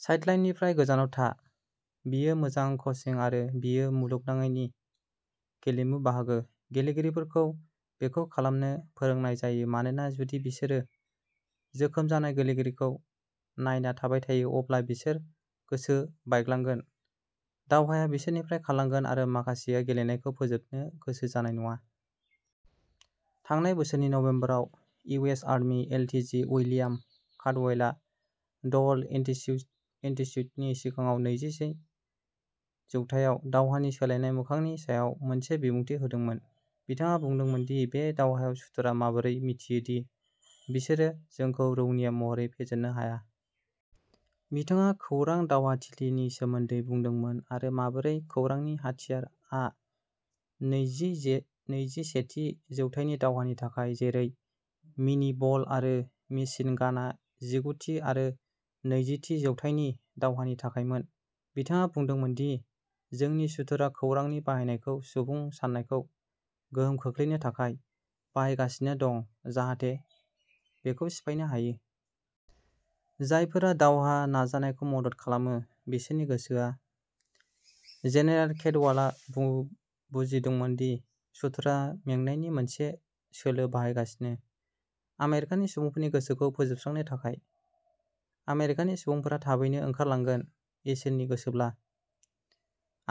साइडलाइननिफ्राय गोजानाव था। बेयो मोजां कोचिं आरो बेयो मुलुगनाङैनो गेलेमुनि बाहागो। गेलेगिरिफोरखौ बेखौ खालामनो फोरोंनाय जायो मानोना जुदि बिसोरो जोखोम जानाय गेलेगिरिखौ नायना थाबाय थायो, अब्ला बिसोर गोसो बायग्लांगोन। दावहाया बिसोरनिफ्राय खारलांगोन आरो माखासेया गेलेनायखौ फोजोबनो गोसो जानाय नङा। थांनाय बोसोरनि नबेम्बराव U S army L T G William काल्डवेलआ ड'ल इनटिसि इनस्टिट्युटनि सिगाङाव नैजिसेथि जौथायाव दावहानि सोलायनाय मोखांनि सायाव मोनसे बिबुंथि होदोंमोन। बिथाङा बुंदोंमोन दि बे दावहायाव सुथुरआ माबोरै मिथियो दि बिसोरो जोंखौ रौनिया महरै फेजेननो हाया। बिथाङा "खौरां दावहाथिलि" नि सोमोन्दै बुंदोंमोन आरो माबोरै "खौरांनि हाथियार" आ नैजिजे नैजिसेथि जौथाइनि दावहानि थाखाय, जेरै मिनि बल आरो मेसिन गानआ जिगुथि आरो नैजिथि जौथाइनि दावहानि थाखायमोन। बिथाङा बुंदोंमोन दि जोंनि सुथुरआ खौरांनि बाहायनायखौ सुबुं सान्नायखौ गोहोम खोख्लैनो थाखाय बाहायगासिनो दं, जाहाथे बेखौ सिफायनो हायो। जायफोरा दावहा नाजानायखौ मदद खालामो बिसोरनि गोसोआ। जेनेरेल केल्डवेलआ बु-बुजिमोदोंमोन दि सुथुरआ "मेंनायनि मोनसे सोलो बाहायगासिनो", आमेरिकानि सुबुंफोरनि गोसोखौ फोजोबस्रांनो थाखाय। "आमेरिकानि सुबुंफोरा थाबैनो ओंखारलांगोन, इसोरनि गोसोब्ला,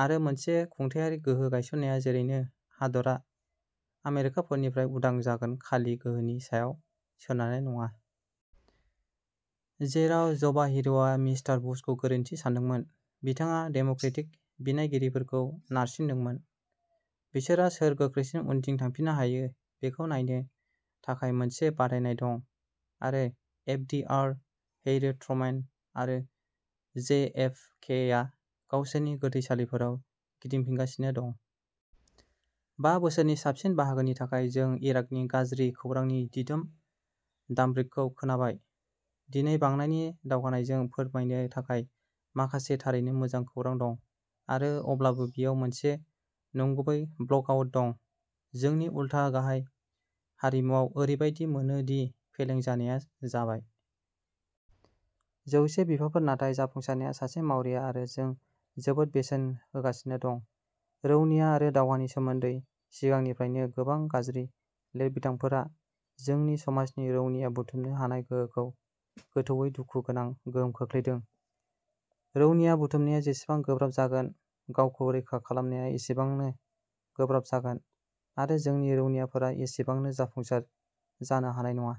आरो मोनसे खुंथायारि गोहो गायसननाया जेरैनो हादरा आमेरिकानिफोरनिफ्राय उदां जागोन-खालि गोहोनि सायाव सोनारनाय नङा। जेराव जवाहिरीया मिस्टार बुशखौ गोरोन्थि सानदोंमोन, बिथाङा डेम'क्रेटिक बिनायगिरिफोरखौ नारसिंदोंमोन। बिसोरहा सोर गोख्रैसिन उनथिं थांफिननो हायो बेखौ नायनो थाखाय मोनसे बादायनाय दं आरो F D R, Harry Truman, आरो जे एफ के आ गावसोरनि गोथैसालिफोराव गिदिंफिनगासिनो दं। बा बोसोरनि साबसिन बाहागोनि थाखाय, जों इराकनि गाज्रि खौरांनि दिदोम दामब्रिदखौ खोनाबाय। दिनै, बांनायनि दावगानायजों, फोरमायनो थाखाय माखासे थारैनो मोजां खौरां दं आरो अब्लाबो बेयाव मोनसे नंगुबै ब्लेकआउट दं। जोंनि उलथा गाहाय हारिमुआव, ओरैबायदि मोनो दि फेलें जानाया जाबाय। जौसे बिफाफोर नाथाय जाफुंसारनाया सासे मावरिया आरो जों जोबोद बेसेन होगासिनो दं। रौनिया आरो दावहानि सोमोन्दै सिगांनिफ्रायनो गोबां गाज्रि लिरबिदांफोरा जोंनि समाजनि रौनिया बुथुमनो हानाय गोहोखौ गोथौवै दुखु गोनां गोहोम खोख्लैदों। रौनिया बुथुमनाया जेसेबां गोब्राब जागोन, गावखौ रैखा खालामनाया एसेबांनो गोब्राब जागोन आरो जोंनि रौनियाफोरा एसेबांनो जाफुंसार जानो हानाय नङा।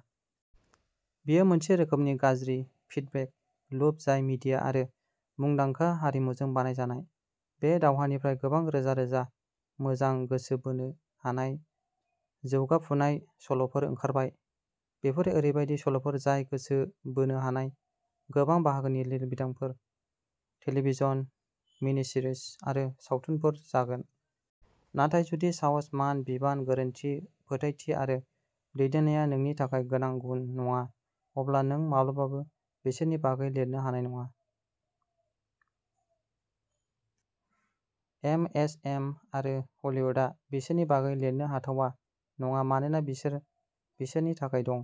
बेयो मोनसे रोखोमनि गाज्रि फिडबेक लुप जाय मिडिया आरो मुंदांखा हारिमुजों बानायजानाय। बे दावहानिफ्राय गोबां रोजा-रोजा मोजां, गोसो बोनो हानाय, जौगाफुनाय सल'फोर ओंखारबाय। बेफोरो ओरैबायदि सल'फोर जाय गोसो बोनो हानाय गोबां बाहागोनि लिरबिदांफोर, टेलिभिजन मिनिसिरिज आरो सावथुनफोर जागोन। नाथाय जुदि साहस, मान, बिबान, गोरोनथि, फोथायथि आरो दैदेननाया नोंनि थाखाय गोनां गुन नङा, अब्ला नों माब्लाबाबो बिसोरनि बागै लिरनो हानाय नङा। एमएसएम आरो हलीवुडआ बिसोरनि बागै लिरनो हाथाव नङा मानोना बिसोर बिसोरनि थाखाय दं।